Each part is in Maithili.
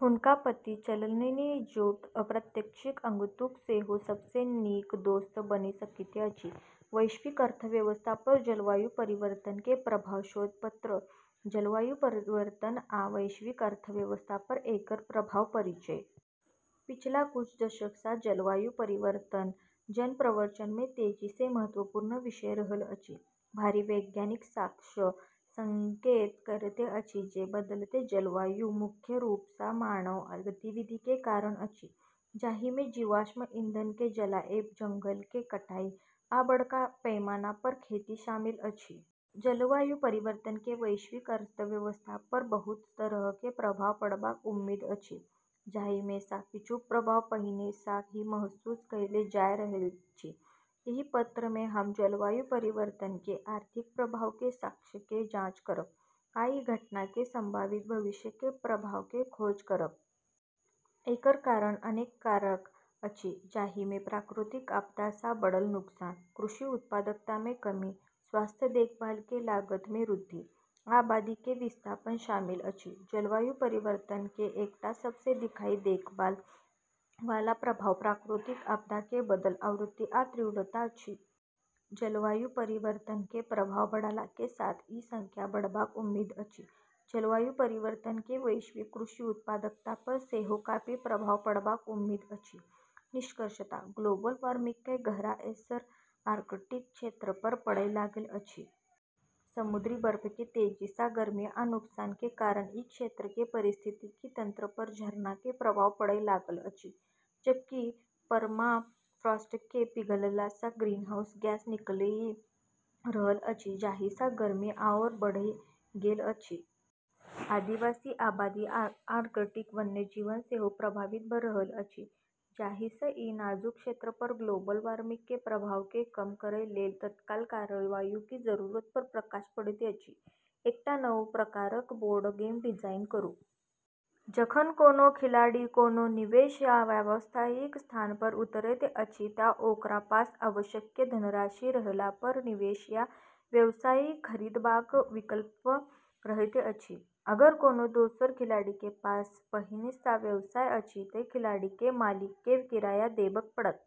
हुनका पता चललनि जे अप्रत्याशित आगंतुक सेहो सबसँ नीक दोस्त बनि सकैत अछि। वैश्विक अर्थव्यवस्था पर जलवायु परिवर्तन के प्रभाव - शोध पत्र। जलवायु परिवर्तन आ वैश्विक अर्थव्यवस्था पर एकर प्रभाव - परिचय। पिछला कुछ दशक सँ जलवायु परिवर्तन जन-प्रवचन मे तेजी सँ महत्वपूर्ण विषय रहल अछि। भारी वैज्ञानिक साक्ष्य संकेत करैत अछि जे बदलैत जलवायु मुख्य रूप सँ मानव गतिविधि के कारण अछि, जाहि मे जीवाश्म ईंधन के जलाएब, जंगल के कटाई, आ बड़का पैमाना पर खेती शामिल अछि। जलवायु परिवर्तन के वैश्विक अर्थव्यवस्था पर बहुत तरह के प्रभाव पड़बाक उम्मीद अछि, जाहि मे सँ किछु प्रभाव पहिने सँ ही महसूस कएल जा रहल अछि। एहि पत्र मे हम जलवायु परिवर्तन के आर्थिक प्रभाव के साक्ष्य के जांच करब, आ ई घटना के संभावित भविष्य के प्रभाव के खोज करब। एकर कारण अनेक कारक अछि, जाहि मे प्राकृतिक आपदा सँ बढ़ल नुकसान, कृषि उत्पादकता मे कमी, स्वास्थ्य देखभाल के लागत मे वृद्धि, आ आबादी के विस्थापन शामिल अछि। जलवायु परिवर्तन के एकटा सबसँ दिखाई देब वाला प्रभाव प्राकृतिक आपदा के बढ़ल आवृत्ति आ तीव्रता अछि। जलवायु परिवर्तन के प्रभाव बढ़ला के साथ ई संख्या बढ़बाक उम्मीद अछि। जलवायु परिवर्तन के वैश्विक कृषि उत्पादकता पर सेहो काफी प्रभाव पड़बाक उम्मीद अछि। निष्कर्षतः ग्लोबल वार्मिंग के गहरा असर आर्कटिक क्षेत्र पर पड़य लागल अछि। समुद्री बर्फ के तेजी सँ गर्मी आ नुकसान के कारण ई क्षेत्र के पारिस्थितिकी तंत्र पर झरना के प्रभाव पड़य लागल अछि, जबकि परमाफ्रॉस्ट के पिघलला सँ ग्रीनहाउस गैस निकलिए रहल अछि, जाहि सँ गर्मी आओर बढ़ि गेल अछि। आदिवासी आबादी आ आर्कटिक वन्यजीव सेहो प्रभावित भ' रहल अछि, जाहि सँ ई नाजुक क्षेत्र पर ग्लोबल वार्मिंग के प्रभाव केँ कम करय लेल तत्काल कार्रवाई के जरूरत पर प्रकाश पड़ैत अछि। एकटा नव प्रकारक बोर्ड गेम डिजाइन करू। जखन कोनो खिलाड़ी कोनो निवेश या व्यवसायिक स्थान पर उतरैत अछि तँ ओकरा पास आवश्यक धनराशि रहला पर निवेश या व्यवसाय खरीदबाक विकल्प रहैत अछि। अगर कोनो दोसर खिलाड़ी के पास पहिने सँ व्यवसाय अछि तँ खिलाड़ी केँ मालिक केँ किराया देबय पड़त।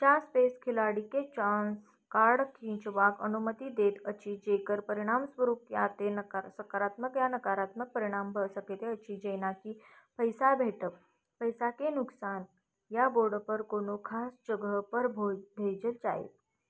चांस स्पेस खिलाड़ी केँ चांस कार्ड खींचबाक अनुमति दैत अछि जेकर परिणामस्वरूप या तँ सकारात्मक या नकारात्मक परिणाम भ' सकैत अछि जेना कि पैसा भेटब, पैसा के नुकसान, या बोर्ड पर कोनो खास जगह पर भेजल जाएब।